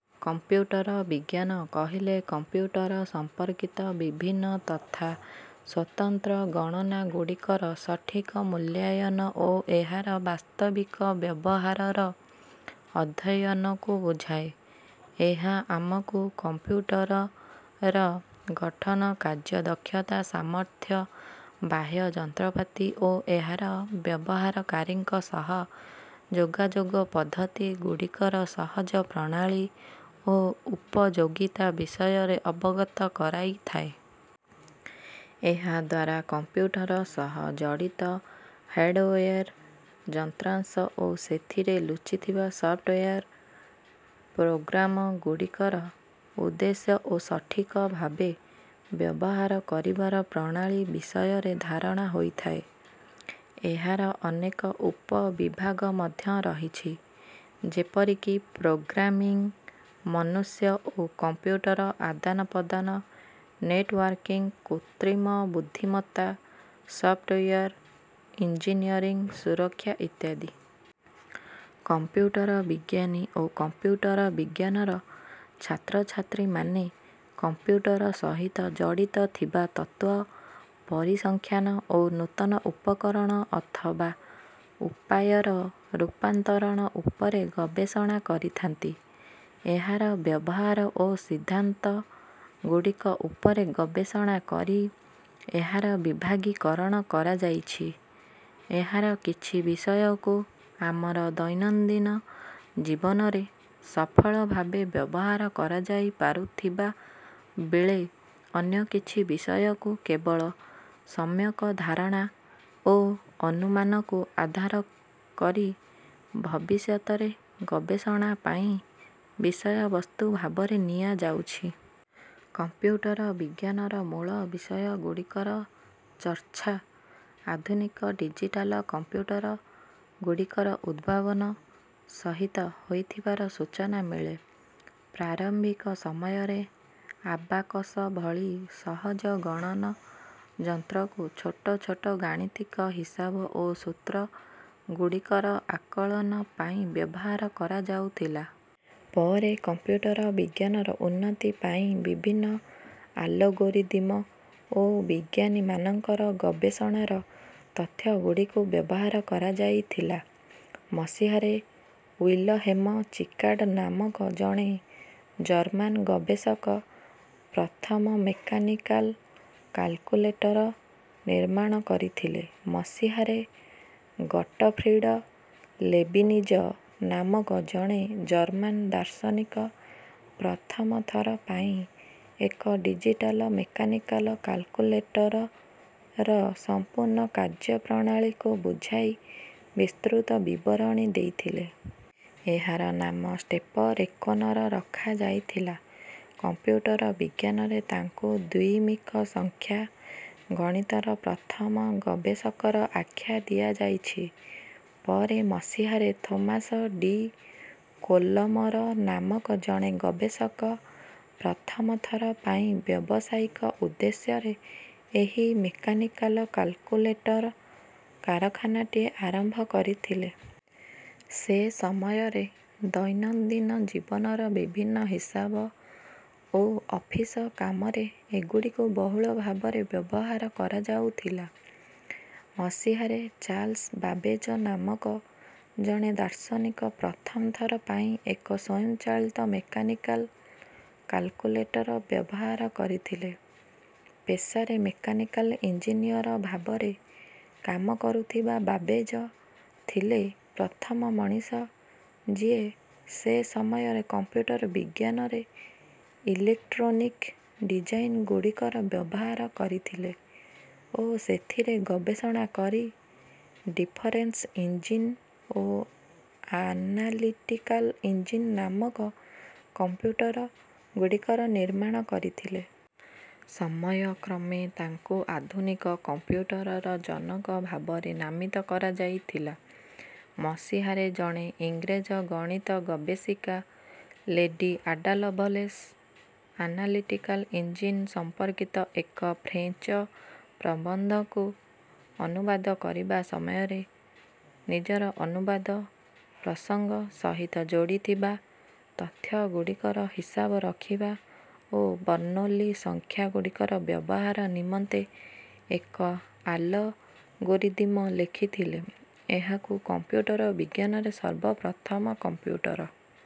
Computer ବିଜ୍ଞାନ କହିଲେ computer ସମ୍ପର୍କିତ ବିଭିନ୍ନ ତଥା ସ୍ୱତନ୍ତ୍ର ଗଣନା ଗୁଡ଼ିକର ସଠିକ ମୂଲ୍ୟାୟନ ଓ ଏହାର ବାସ୍ତବିକ ବ୍ୟବହାରର ଅଧ୍ୟୟନକୁ ବୁଝାଏ। ଏହା ଆମକୁ କମ୍ପ୍ୟୁଟରର ଗଠନ, କାର୍ଯ୍ୟ ଦକ୍ଷତା, ସାମର୍ଥ୍ୟ, ବାହ୍ୟ ଯନ୍ତ୍ରପାତି ଓ ଏହାର ବ୍ୟବହାରକାରୀଙ୍କ ସହ ଯୋଗାଯୋଗ ପଦ୍ଧତି ଗୁଡ଼ିକର ସହଜ ପ୍ରଣାଳୀ ଓ ଉପଯୋଗିତା ବିଷୟରେ ଅବଗତ କରାଇଥାଏ। ଏହାଦ୍ୱାରା କମ୍ପ୍ୟୁଟର ସହ ଜଡ଼ିତ ହାର୍ଡୱେର ଯନ୍ତ୍ରାଂଶ ଓ ସେଥିରେ ଲୁଚିଥିବା ସଫ୍ଟୱେର ପ୍ରୋଗ୍ରାମଗୁଡ଼ିକର ଉଦ୍ଦେଶ୍ୟ ଓ ସଠିକ ଭାବେ ବ୍ୟବହାର କରିବାର ପ୍ରଣାଳୀ ବିଷୟରେ ଧାରଣା ହୋଇଥାଏ। ଏହାର ଅନେକ ଉପ ବିଭାଗ ମଧ୍ୟ ରହିଛି, ଯେପରିକି ପ୍ରୋଗ୍ରାମିଂ, ମନୁଷ୍ୟ ଓ କମ୍ପ୍ୟୁଟର ଆଦାନ ପ୍ରଦାନ, ନେଟୱର୍କିଂ, କୃତ୍ରିମ ବୁଦ୍ଧିମତ୍ତା, ସଫ୍ଟୱେର ଇଞ୍ଜିନିୟରିଂ, ସୁରକ୍ଷା ଇତ୍ୟାଦି। କମ୍ପ୍ୟୁଟର ବିଜ୍ଞାନୀ ଓ କମ୍ପ୍ୟୁଟର ବିଜ୍ଞାନର ଛାତ୍ରଛାତ୍ରୀମାନେ କମ୍ପ୍ୟୁଟର ସହିତ ଜଡ଼ିତ ଥିବା ତତ୍ତ୍ୱ, ପରିସଂଖ୍ୟାନ ଓ ନୂତନ ଉପକରଣ ଅଥବା ଉପାୟର ରୂପାନ୍ତରଣ ଉପରେ ଗବେଷଣା କରିଥାନ୍ତି। ଏହାର ବ୍ୟବହାର ଓ ସିଦ୍ଧାନ୍ତ ଗୁଡ଼ିକ ଉପରେ ଗବେଷଣା କରି ଏହାର ବିଭାଗୀକରଣ କରାଯାଇଛି। ଏହାର କିଛି ବିଷୟକୁ ଆମର ଦୈନନ୍ଦିନ ଜୀବନରେ ସଫଳ ଭାବେ ବ୍ୟବହାର କରାଯାଇପାରୁଥିବା ବେଳେ, ଅନ୍ୟ କିଛି ବିଷୟକୁ କେବଳ ସମ୍ୟକ ଧାରଣା ଓ ଅନୁମାନକୁ ଆଧାର କରି ଭବିଷ୍ୟତରେ ଗବେଷଣା ପାଇଁ ବିଷୟବସ୍ତୁ ଭାବରେ ନିଆଯାଉଛି। କମ୍ପ୍ୟୁଟର ବିଜ୍ଞାନର ମୂଳ ବିଷୟ ଗୁଡ଼ିକର ଚର୍ଚ୍ଛା, ଆଧୁନିକ ଡିଜିଟାଲ କମ୍ପ୍ୟୁଟର ଗୁଡ଼ିକର ଉଦ୍ଭାବନ ସହିତ ହୋଇଥିବାର ସୂଚନା ମିଳେ। ପ୍ରାରମ୍ଭିକ ସମୟରେ ଆବାକସ ଭଳି ସହଜ ଗଣନ ଯନ୍ତ୍ରକୁ ଛୋଟ ଛୋଟ ଗାଣିତିକ ହିସାବ ଓ ସୂତ୍ର ଗୁଡ଼ିକର ଆକଳନ ପାଇଁ ବ୍ୟବହାର କରାଯାଉଥିଲା। ପରେ କମ୍ପ୍ୟୁଟର ବିଜ୍ଞାନର ଉନ୍ନତି ପାଇଁ ବିଭିନ୍ନ ଆଲଗୋରିଦିମ ଓ ବିଜ୍ଞାନୀମାନଙ୍କର ଗବେଷଣାର ତଥ୍ୟ ଗୁଡ଼ିକୁ ବ୍ୟବହାର କରାଯାଇଥିଲା। ମସିହାରେ ୱିଲହେମ ଚିକାର୍ଡ ନାମକ ଜଣେ ଜର୍ମାନ ଗବେଷକ ପ୍ରଥମ ମେକାନିକାଲ କାଲକୁଲେଟର ନିର୍ମାଣ କରିଥିଲେ। ମସିହାରେ ଗଟଫ୍ରିଡ ଲେବିନିଜ ନାମକ ଜଣେ ଜର୍ମାନ ଦାର୍ଶନିକ ପ୍ରଥମ ଥର ପାଇଁ ଏକ ଡିଜିଟାଲ ମେକାନିକାଲ କାଲକୁଲେଟରର ସମ୍ପୂର୍ଣ୍ଣ କାର୍ଯ୍ୟ ପ୍ରଣାଳୀକୁ ବୁଝାଇ ବିସ୍ତୃତ ବିବରଣୀ ଦେଇଥିଲେ। ଏହାର ନାମ ଷ୍ଟେପ ରେକୋନର ରଖାଯାଇଥିଲା। କମ୍ପ୍ୟୁଟର ବିଜ୍ଞାନରେ ତାଙ୍କୁ ଦ୍ୱିମିକ ସଂଖ୍ୟା ଗଣିତର ପ୍ରଥମ ଗବେଷକର ଆଖ୍ୟା ଦିଆଯାଇଛି। ପରେ ମସିହାରେ ଥୋମାସ ଡି କୋଲମର ନାମକ ଜଣେ ଗବେଷକ ପ୍ରଥମ ଥର ପାଇଁ ବ୍ୟବସାୟିକ ଉଦ୍ଦେଶ୍ୟରେ ଏହି ମେକାନିକାଲ କାଲକୁଲେଟର କାରଖାନାଟିଏ ଆରମ୍ଭ କରିଥିଲେ। ସେ ସମୟରେ ଦୈନନ୍ଦିନ ଜୀବନର ବିଭିନ୍ନ ହିସାବ ଓ ଅଫିସ କାମରେ ଏଗୁଡ଼ିକୁ ବହୁଳ ଭାବରେ ବ୍ୟବହାର କରାଯାଉଥିଲା। ମସିହାରେ ଚାର୍ଲ୍ସ ବାବେଜ ନାମକ ଜଣେ ଦାର୍ଶନିକ ପ୍ରଥମ ଥର ପାଇଁ ଏକ ସ୍ୱୟଂଚାଳିତ ମେକାନିକାଲ କାଲକୁଲେଟର ବ୍ୟବହାର କରିଥିଲେ। ପେସାରେ ମେକାନିକାଲ ଇଞ୍ଜିନିୟର ଭାବରେ କାମ କରୁଥିବା ବାବେଜ ଥିଲେ ପ୍ରଥମ ମଣିଷ, ଯିଏ ସେ ସମୟରେ କମ୍ପ୍ୟୁଟର ବିଜ୍ଞାନରେ ଇଲେକ୍ଟ୍ରୋନିକ ଡିଜାଇନ ଗୁଡ଼ିକର ବ୍ୟବହାର କରିଥିଲେ ଓ ସେଥିରେ ଗବେଷଣା କରି ଡିଫରେନ୍ସ ଇଞ୍ଜିନ ଓ ଆନାଲିଟିକାଲ ଇଞ୍ଜିନ ନାମକ କମ୍ପ୍ୟୁଟର ଗୁଡ଼ିକର ନିର୍ମାଣ କରିଥିଲେ। ସମୟ କ୍ରମେ ତାଙ୍କୁ ଆଧୁନିକ କମ୍ପ୍ୟୁଟରର ଜନକ ଭାବରେ ନାମିତ କରାଯାଇଥିଲା। ମସିହାରେ ଜଣେ ଇଂରେଜ ଗଣିତ ଗବେଷିକା lady Ada Lovelace, analytical engine ସମ୍ପର୍କିତ ଏକ ଫ୍ରେଞ୍ଚ ପ୍ରବନ୍ଧକୁ ଅନୁବାଦ କରିବା ସମୟରେ ନିଜର ଅନୁବାଦ ପ୍ରସଙ୍ଗ ସହିତ ଯୋଡ଼ିଥିବା ତଥ୍ୟ ଗୁଡ଼ିକର ହିସାବ ରଖିବା ଓ ବର୍ଣ୍ଣୋଲି ସଂଖ୍ୟା ଗୁଡ଼ିକର ବ୍ୟବହାର ନିମନ୍ତେ ଏକ ଆଲଗୋରିଦିମ ଲେଖିଥିଲେ। ଏହାକୁ କମ୍ପ୍ୟୁଟର ବିଜ୍ଞାନରେ ସର୍ବପ୍ରଥମ କମ୍ପ୍ୟୁଟର